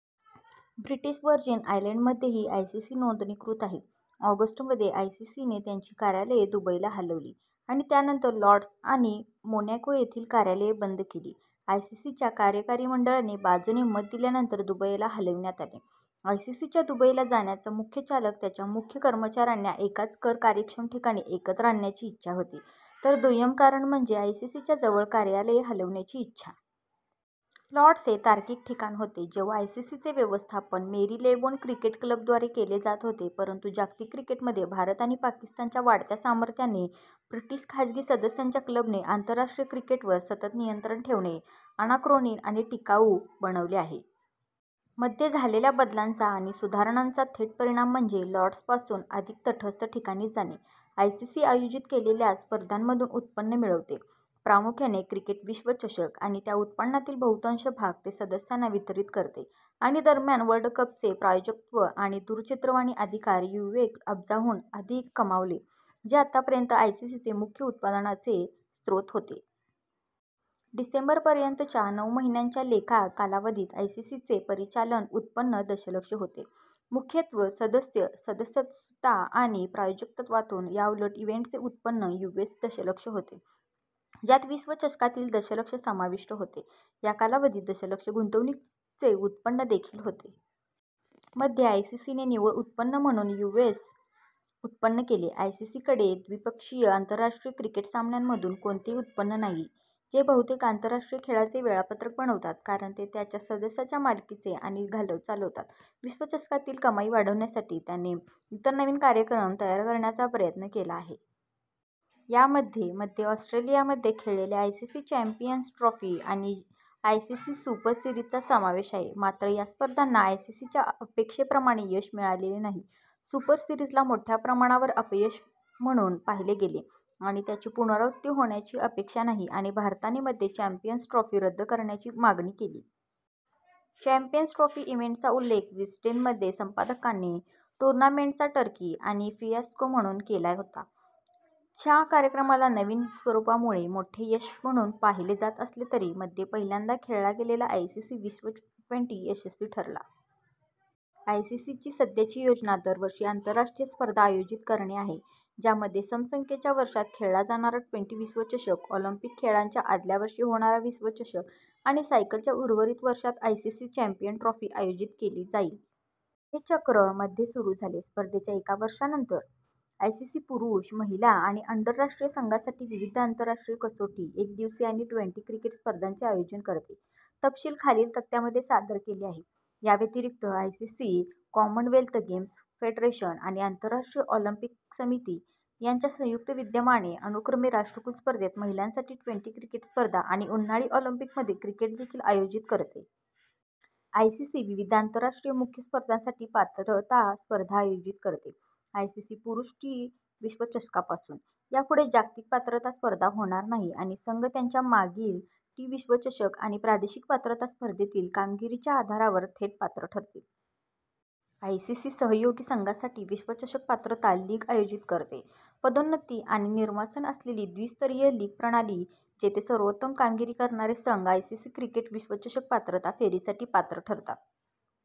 British Virgin आयलंडमध्येही ICC नोंदणीकृत आहे. ऑगस्ट मध्ये, आयसीसीने त्यांची कार्यालये दुबईला हलवली आणि त्यानंतर लॉर्ड्स आणि मोनॅको येथील कार्यालये बंद केली. आयसीसीच्या कार्यकारी मंडळाने बाजूने - मत दिल्यानंतर दुबईला हलविण्यात आले.। आयसीसीच्या दुबईला जाण्याचा मुख्य चालक त्याच्या मुख्य कर्मचाऱ्यांना एकाच कर-कार्यक्षम ठिकाणी एकत्र आणण्याची इच्छा होती, तर दुय्यम कारण म्हणजे आयसीसीच्या जवळ कार्यालये हलवण्याची इच्छा. लॉर्ड्स हे तार्किक ठिकाण होते जेव्हा आयसीसीचे व्यवस्थापन मेरीलेबोन क्रिकेट क्लब द्वारे केले जात होते. परंतु जागतिक क्रिकेटमध्ये भारत आणि पाकिस्तानच्या वाढत्या सामर्थ्याने ब्रिटिश खाजगी सदस्यांच्या क्लबने आंतरराष्ट्रीय क्रिकेटवर सतत नियंत्रण ठेवणे अनाक्रोनिक आणि टिकाऊ बनवले आहे. मध्ये झालेल्या बदलांचा आणि सुधारणांचा थेट परिणाम म्हणजे लॉर्ड्सपासून अधिक तटस्थ ठिकाणी जाणे. आयसीसी आयोजीत केलेल्या स्पर्धांमधून उत्पन्न मिळवते, प्रामुख्याने क्रिकेट विश्वचषक, आणि त्या उत्पन्नातील बहुतांश भाग ते सदस्यांना वितरीत करते. आणि दरम्यान वर्ल्ड कपचे प्रायोजकत्व आणि दूरचित्रवाणी अधिकार यूएस अब्जाहून अधिक कमावले, जे आतापर्यंत आयसीसीचे मुख्य उत्पन्नाचे स्रोत होते. डिसेंबर पर्यंतच्या नऊ महिन्यांच्या लेखा कालावधीत आयसीसीचे परिचालन उत्पन्न दशलक्ष होते, मुख्यत्वे सदस्य सदस्यता आणि प्रायोजकत्वातून. याउलट, इव्हेंटचे उत्पन्न यूएस दशलक्ष होते, ज्यात विश्वचषकातील दशलक्ष समाविष्ट होते. या कालावधीत दशलक्ष गुंतवणुकीचे उत्पन्न देखील होते. मध्ये आयसीसीने निव्वळ उत्पन्न म्हणून यूएस उत्पन्न केले. आयसीसीकडे द्विपक्षीय आंतरराष्ट्रीय क्रिकेट सामन्यांमधून कोणतेही उत्पन्न नाही, जे बहुतेक आंतरराष्ट्रीय खेळाचे वेळापत्रक बनवतात, कारण ते त्याच्या सदस्यांच्या मालकीचे आणि चालवतात. विश्वचषकातील कमाई वाढवण्यासाठी त्याने इतर नवीन कार्यक्रम तयार करण्याचा प्रयत्न केला आहे. यामध्ये मध्ये ऑस्ट्रेलियामध्ये खेळलेल्या आयसीसी चॅम्पियन्स ट्रॉफी आणि आयसीसी सुपर सीरिजचा समावेश आहे. मात्र, या स्पर्धांना आयसीसीच्या अपेक्षेप्रमाणे यश मिळालेले नाही. सुपर सिरीजला मोठ्या प्रमाणावर अपयश म्हणून पाहिले गेले आणि त्याची पुनरावृत्ती होण्याची अपेक्षा नाही आणि भारताने मध्ये चॅम्पियन्स ट्रॉफी रद्द करण्याची मागणी केली. चॅम्पियन्स ट्रॉफी इव्हेंटचा उल्लेख विस्डेन मध्ये संपादकाने "टूर्नामेंटचा टर्की" आणि "फियास्को" म्हणून केला होता; च्या कार्यक्रमाला नवीन स्वरूपामुळे मोठे यश म्हणून पाहिले जात असले तरी. मध्ये पहिल्यांदा खेळला गेलेला आयसीसी विश्व ट्वेंटी- यशस्वी ठरला. आयसीसीची सध्याची योजना दरवर्षी आंतरराष्ट्रीय स्पर्धा आयोजित करणे आहे, ज्यामध्ये सम संख्येच्या वर्षांत खेळला जाणारा ट्वेंटी- विश्वचषक, ऑलिम्पिक खेळांच्या आदल्या वर्षी होणारा विश्वचषक आणि सायकलच्या उर्वरित वर्षात आयसीसी चॅम्पियन्स ट्रॉफी आयोजित केली जाईल. हे चक्र मध्ये सुरू झाले, स्पर्धेच्या एका वर्षानंतर. आयसीसी पुरुष, महिला आणि अंडर- राष्ट्रीय संघांसाठी विविध आंतरराष्ट्रीय कसोटी, एकदिवसीय आणि ट्वेन्टी- क्रिकेट स्पर्धांचे आयोजन करते. तपशील खालील तक्त्यामध्ये सादर केले आहेत: याव्यतिरिक्त, आयसीसी कॉमनवेल्थ गेम्स फेडरेशन आणि आंतरराष्ट्रीय ऑलिम्पिक समिती यांच्या संयुक्त विद्यमाने अनुक्रमे राष्ट्रकुल स्पर्धेत महिलांसाठी ट्वेंटी- क्रिकेट स्पर्धा आणि उन्हाळी ऑलिंपिकमध्ये क्रिकेट देखील आयोजित करते. आयसीसी विविध आंतरराष्ट्रीय मुख्य स्पर्धांसाठी पात्रता स्पर्धा आयोजित करते. आयसीसी पुरुष टी- विश्वचषकपासून, यापुढे जागतिक पात्रता स्पर्धा होणार नाही आणि संघ त्यांच्या मागील टी- विश्वचषक आणि प्रादेशिक पात्रता स्पर्धेतील कामगिरीच्या आधारावर थेट पात्र ठरतील. आयसीसी सहयोगी संघांसाठी विश्वचषक पात्रता लीग आयोजित करते. पदोन्नती आणि निर्वासन असलेली द्वि-स्तरीय लीग प्रणाली जिथे सर्वोत्तम कामगिरी करणारे संघ आयसीसी क्रिकेट विश्वचषक पात्रता फेरीसाठी पात्र ठरतात.